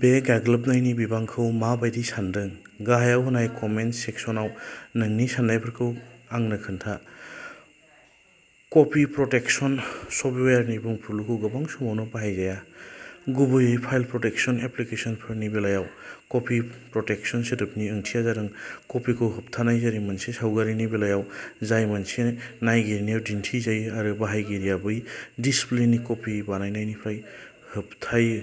बे गाग्लोबनायनि बिबांखौ मा बायदि सानदों? गाहायाव होनाय कमेन्ट सेक्सनाव नोंनि साननायफोरखौ आंनो खोन्था। कपि प्रटेक्शन सफ्टवेयारनि बुंफुरलुखौ गोबां समावनो बाहायजाया, गुबैयै फाइल प्रटेक्शन एप्लिकेसनफोरनि बेलायाव। "कपि प्रटेक्शन" सोदोबनि ओंथिया जादों कपिखौ होबथानाय जेरै मोनसे सावगारिनि बेलायाव जाय मोनसे नायगिरियाव दिन्थिजायो आरो बाहायगिरिया बै डिसप्लेनि कपि बानायनायनिफ्राय होबथायो।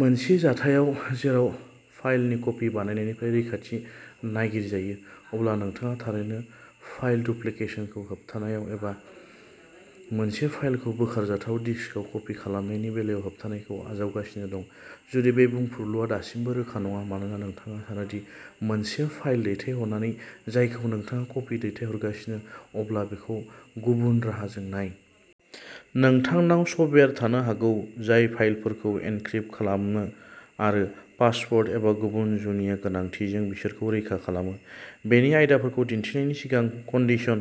मोनसे जाथायाव जेराव फाइलनि कपि बानायनायनिफ्राय रैखाथि नागिरजायो, अब्ला नोंथाङा थारैनो फाइल डुप्लिकेशनखौ होबथानाय एबा मोनसे फाइलखौ बोखारजाथाव डिस्कआव कपि खालामनायनि बेलायाव होबथानायखौ आजावगासिनो दं। जुदि बे बुंफुरलुआ दासिमबो रोखा नङा मानोना नोंथाङा सानो दि मोनसे फाइल दैथायहरनानै जायखौ नोंथाङा कपि दैथायहरगासिनो, अब्ला बेखौ गुबुन राहाजों नाय। नोंथांनाव सफ्टवेयार थानो हागौ जाय फाइलफोरखौ एनक्रिप्ट खालामो आरो पासवार्ड एबा गुबुन जुनिया गोनांथिजों बिसोरखौ रैखा खालामो। बेनि आयदाफोरखौ दिन्थिनायनि सिगां कन्डिशन।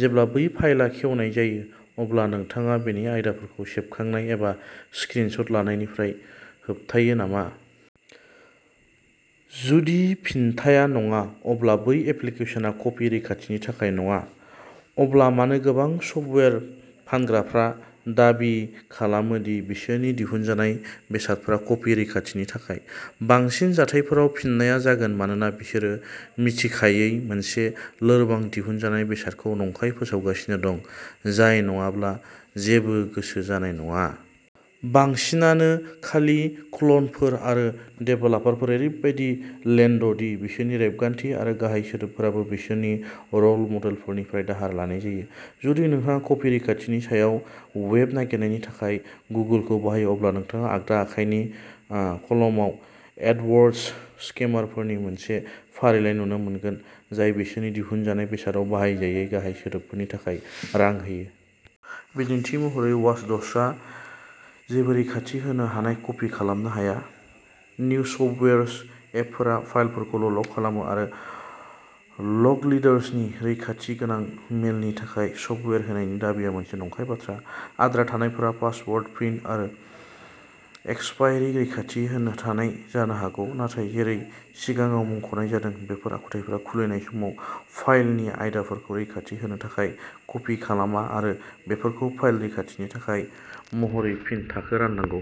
जेब्ला बै फाइलआ खेवनाय जायो, अब्ला नोंथाङा बेनि आयदाफोरखौ सेबखांनाय एबा स्क्रिन शट लानायनिफ्राय होबथायो नामा? जुदि फिनथाया "नङा" अब्ला बै एप्लिकेशनआ कपि रैखाथिनि थाखाय नङा। अब्ला मानो गोबां सफ्टवेयार फानग्राफ्रा दाबि खालामो दि बिसोरनि दिहुनजानाय बेसादफोरा कपि रैखाथिनि थाखाय? बांसिन जाथायफोराव फिननाया जागोन मानोना बिसोरो मिथिखायै मोनसे लोरबां दिहुनजानाय बेसादखौ नंखाय फोसावगासिनो दं, जाय नङाब्ला जेबो गोसो जानाय नङा। बांसिनानो खालि क्ल'नफोर आरो देभेलपारफोर, ओरैबादि लेन्द'दि बिसोरनि रेबगान्थि आरो गाहाय सोदोबफोराबो बिसोरनि रल मडेलफोरनिफ्राय दाहार लानाय जायो। जुदि नोंथाङा "कपि रैखाथि" नि सायाव वेब नागिरनायनि थाखाय गुगोलखौ बाहायो, अब्ला नोंथाङा आगदा आखाइनि आ कलमाव एडवर्ड्स स्केमारफोरनि मोनसे फारिलाइ नुनो मोनगोन, जाय बिसोरनि दिहुनजानाय बेसादाव बाहायजायै गाहाय सोदोबफोरनि थाखाय रां होयो। बिदिन्थि महरै, वाचडक्सआ जेबो रैखाथि होनो हानाय कपि खालामनो हाया, निउसफ्टवेर्स एपफोरा फाइलफोरखौल'लक खालामो। आरो लकलिडार्सनि रैखाथि गोनां मेलनि थाखाय सफ्टवेयार होनायनि दाबिआ मोनसे नंखाय बाथ्रा। आद्रा थानायफोरा पासवार्ड, प्रिन्ट आरो एक्सपायरि रैखाथि होनो थानाय जानो हागौ, नाथाय जेरै सिगाङाव मुंख'नाय जादों बेफोर आखुथायफोरा खुलिनाय समाव फाइलनि आयदाफोरखौ रैखाथि होनो थाखाय कपि खालामा आरो बेफोरखौ फाइल रैखाथिनि थाखाय महरै फिन थाखो राननांगौ।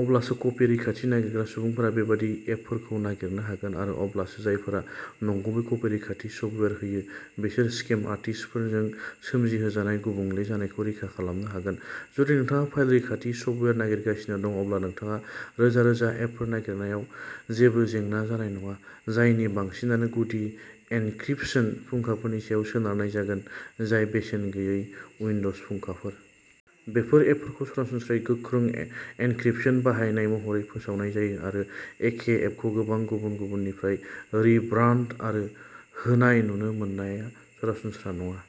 अब्लासो कपि रैखाथि नागिरग्रा सुबुंफोरा बेबादि एपफोरखौ नागिरनो हागोन, आरो अब्लासो जायफोरा नंगुबै कपि रैखाथि सफ्टवेयार होयो बिसोर स्केम आर्टिस्टफोरजों सोमजिहोजानाय गुबुंले जानायखौ रोखा खालामनो हागोन। जुदि नोंथाङा फाइल रैखाथि सफ्टवेयार नागिरगासिनो दं अब्ला नोंथाङा रोजा-रोजा एपफोर नागिरनायाव जेबो जेंना जानाय नङा, जायनि बांसिनानो गुदि एनक्रिप्शन फुंखाफोरनि सायाव सोनारनाय जागोन जाय बेसेन गैयै उइन्ड'ज फुंखाफोर। बेफोर एपफोरखौ सरासनस्रायै गोख्रों ए-एनक्रिप्शन बाहायनाय महरै फोसावनाय जायो आरो एखे एपखौ गोबां गुबुन गुबुननिफ्राय रिब्रांड आरो होनाय नुनो मोननाया सरासनस्रा नङा।